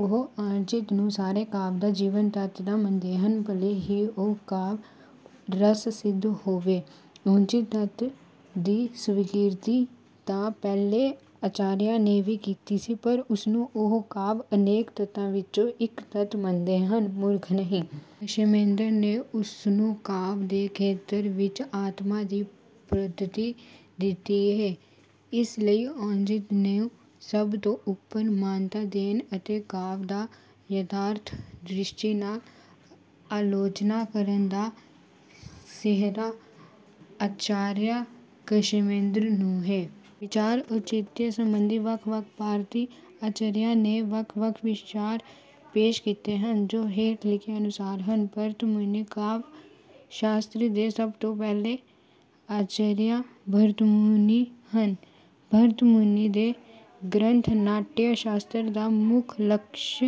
ਉਹ ਔਚਿੱਤ ਨੂੰ ਸਾਰੇ ਕਾਵਿ ਦਾ ਜੀਵਨ ਤੱਤ ਤਾਂ ਮੰਨਦੇਹਨ ਭਲੇ ਹੀ ਉਹ ਕਾਵਿ ਰਸ ਸਿੱਧ ਹੋਵੇ। ਔਚਿੱਤ ਤੱਤ ਦੀ ਸਵੀਕਿਰਤੀ ਤਾਂ ਪਹਿਲੇ ਆਚਾਰੀਆਂ ਨੇ ਵੀ ਕੀਤੀ ਸੀ, ਪਰ ਉਸਨੂੰ ਉਹ ਕਾਵਿ ਅਨੇਕ ਤੱਤਾਂ ਵਿੱਚੋਂ ਇੱਕ ਤੱਤ ਮੰਨਦੇ ਸਨ, ਮੁੱਖ ਨਹੀਂ। ਕਸ਼ੇਮੇਂਦਰ ਨੇ ਉਸਨੂੰ ਕਾਵਿ ਦੇ ਖੇਤਰ ਵਿੱਚ ਆਤਮਾ ਦੀ ਪੱਦਵੀ ਦਿੱਤੀ ਹੈ, ਇਸ ਲਈ ਔਚਿੱਤ ਨੂੰ ਸਭ ਤੋਂ ਉੱਪਰ ਮਾਨਤਾ ਦੇਣ ਅਤੇ ਕਾਵਿ ਦਾ ਯਥਾਰਥ ਦ੍ਰਿਸ਼ਟੀ ਨਾਲ ਆਲੋਚਨਾ ਕਰਨ ਦਾ ਸਿਹਰਾ ਆਚਾਰੀਆ ਕਸ਼ੇਮੇਂਦਰ ਨੂੰ ਹੈ। ਵਿਚਾਰ ਔਚਿਤਯ ਸੰਬੰਧੀ ਵੱਖ-ਵੱਖ ਭਾਰਤੀ ਆਚਾਰੀਆ ਨੇ ਵੱਖ-ਵੱਖ ਵਿਚਾਰ ਪੇਸ਼ ਕੀਤੇ ਹਨ, ਜੋ ਹੇਠ ਲਿਖੇ ਅਨੁਸਾਰ ਹਨ:- ਭਰਤ ਮੁਨੀ:- ਕਾਵਿ ਸ਼ਾਸਤਰ ਦੇ ਸਭ ਤੋਂ ਪਹਿਲੇ ਆਚਾਰੀਆ ਭਰਤਮੁਨੀ ਹਨ। ਭਰਤ ਮੁਨੀ ਦੇ ਗ੍ਰੰਥ "ਨਾਟਯ ਸ਼ਾਸਤਰ" ਦਾ ਮੁੱਖ ਲਕਸ਼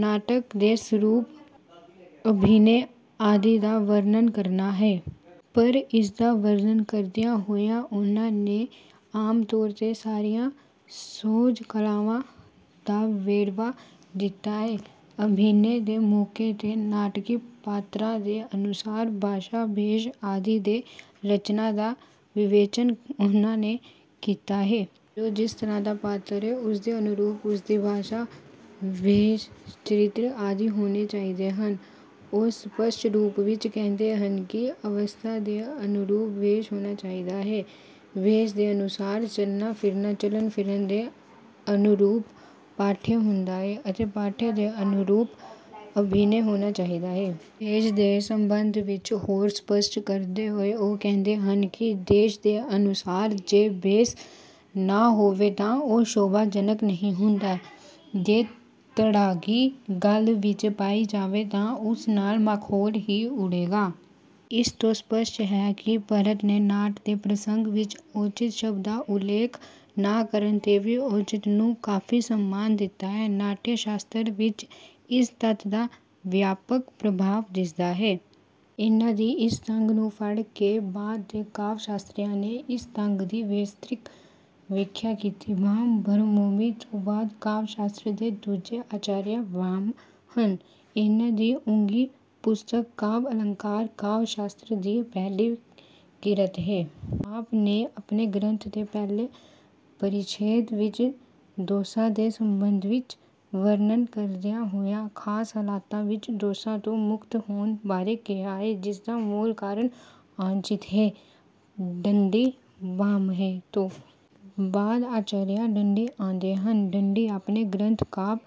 ਨਾਟਕ ਦੇ ਸਰੂਪ ਅਭਿਨੈ ਆਦਿ ਦਾ ਵਰਣਨ ਕਰਨਾ ਹੈ। ਪਰ ਇਸਦਾ ਵਰਣਨ ਕਰਦਿਆਂ ਹੋਇਆਂ ਉਨ੍ਹਾਂ ਨੇ ਆਮ ਤੌਰ ਤੇ ਸਾਰੀਆਂ ਸੁਹਜ ਕਲਾਵਾਂ ਦਾ ਵੇਰਵਾ ਦਿੱਤਾ ਹੈ। ਅਭਿਨੈ ਦੇ ਮੌਕੇ ਤੇ ਨਾਟਕੀ ਪਾਤਰਾਂ ਦੇ ਅਨੁਸਾਰ ਭਾਸ਼ਾ, ਭੇਸ ਆਦਿ ਦੇ ਰਚਨਾ ਦਾ ਵਿਵੇਚਨ ਉਹਨਾਂ ਨੇ ਕੀਤਾ ਹੈ। ਜੋ ਜਿਸ ਤਰ੍ਹਾਂ ਦਾ ਪਾਤਰ ਹੈ। ਉਸਦੇ ਅਨੁਰੂਪ, ਉਸਦੀ ਭਾਸ਼ਾ, ਭੇਸ, ਚਰਿੱਤਰ ਆਦਿ ਹੋਣੇ ਚਾਹੀਦੇ ਹਨ। ਉਹ ਸਪੱਸ਼ਟ ਰੂਪ ਵਿੱਚ ਕਹਿੰਦੇ ਹਨ ਕਿ "ਅਵਸਥਾ ਦੇ ਅਨੁਰੂਪ ਭੇਸ਼ ਹੋਣਾ ਚਾਹੀਦਾ ਹੈ"। ਭੇਸ ਦੇ ਅਨੁਸਾਰ ਚੱਲਣਾ, ਫਿਰਨਾ, ਚੱਲਣ-ਫਿਰਨ ਦੇ ਅਨੁਰੂਪ ਪਾਠਯ ਹੁੰਦਾ ਹੈ ਅਤੇ ਪਾਠਯ ਦੇ ਅਨੁਰੂਪ ਅਭਿਨੈ ਹੋਣਾ ਚਾਹੀਦਾ ਹੈ। ਭੇਸ ਦੇ ਸੰਬੰਧ ਵਿੱਚ ਹੋਰ ਸਪੱਸ਼ਟ ਕਰਦੇ ਹੋਏ ਉਹ ਕਹਿੰਦੇ ਹਨ ਕਿ ਦੇਸ਼ ਦੇ ਅਨੁਸਾਰ ਜੇ ਭੇਸ ਨਾ ਹੋਵੇ ਤਾਂ ਉਹ ਸ਼ੋਭਾ ਜਨਕ ਨਹੀਂ ਹੁੰਦਾ। ਜੇ ਤੜਾਗੀ ਗਲ ਵਿੱਚ ਪਾਈ ਜਾਵੇ, ਤਾਂ ਉਸ ਨਾਲ ਮਾਖੌਲ ਹੀ ਉਡੇਗਾ। ਇਸ ਤੋਂ ਸਪੱਸ਼ਟ ਹੈ ਕਿ ਭਰਤ ਨੇ ਨਾਟ ਦੇ ਪ੍ਰਸੰਗ ਵਿੱਚ ਔਚਿੱਤ ਸ਼ਬਦ ਦਾ ਉਲੇਖ ਨਾ ਕਰਨ ਤੇ ਵੀ "ਔਚਿੱਤ" ਤੱਤ ਨੂੰ ਕਾਫ਼ੀ ਸਨਮਾਨ ਦਿੱਤਾ ਹੈ। ਨਾਟਯ ਸ਼ਾਸਤਰ ਵਿੱਚ ਇਸ ਤੱਤ ਦਾ ਵਿਆਪਕ ਪ੍ਰਭਾਵ ਦਿੱਸਦਾ ਹੈ। ਇਹਨਾਂ ਦੀ ਇਸ ਤੰਦ ਨੂੰ ਫੜ ਕੇ ਬਾਅਦ ਦੇ ਕਾਵਿ ਸ਼ਾਸਤਰੀਆਂ ਨੇ ਇਸ ਤੱਤ ਦੀ ਵਿਸਤਰਿਤ ਵਿਆਖਿਆ ਕੀਤੀ। ਭਾਮਹ:- ਭਰਤਮੁਨੀ ਤੋਂ ਬਾਅਦ ਕਾਵਿ-ਸ਼ਾਸਤਰ ਦੇ ਦੂਜੇ ਆਚਾਰੀਆਂ ਭਾਮਹ ਹਨ। ਇਹਨਾਂ ਦੀ ਉੱਘੀ ਪੁਸਤਕ "ਕਾਵਿ ਆਲੰਕਾਰ" ਕਾਵਿ ਸ਼ਾਸਤਰ ਦੀ ਪਹਿਲੀ ਕਿਰਤ ਹੈ। ਆਪ ਨੇ ਆਪਣੇ ਗ੍ਰੰਥ ਦੇ ਪਹਿਲੇ ਪਰਿਛੇਦ ਵਿੱਚ ਦੋਸਾਂ ਦੇ ਸੰਬੰਧਵਿੱਚ ਵਰਣਨ ਕਰਦਿਆਂ ਹੋਇਆ ਖ਼ਾਸ ਹਾਲਤਾਂ ਵਿੱਚ ਦੋਸ਼ਾਂ ਤੋਂ ਮੁਕਤ ਹੋਣ ਬਾਰੇ ਕਿਹਾ ਹੈ। ਜਿਸਦਾ ਮੂਲ ਕਾਰਨ ਔਚਿੱਤ ਹੀ ਹੈ। ਦੰਡੀ:- ਭਾਮਹ ਤੋਂ ਬਾਅਦ ਆਚਾਰੀਆ ਦੰਡੀ ਆਉਂਦੇ ਹਨ| ਦੰਡੀ ਆਪਣੇ ਗ੍ਰੰਥ 'ਕਾਵਿ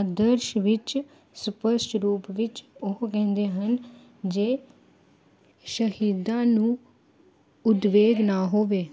ਆਦਰਸ਼' ਵਿੱਚ ਸਪੱਸ਼ਟ ਰੂਪ ਵਿੱਚ ਉਹ ਕਹਿੰਦੇ ਹਨ ਜੇ ਸ਼ਹਿਰਦਾਂ ਨੂੰ ਉਦਵੇਗ ਨਾ ਹੋਵੇ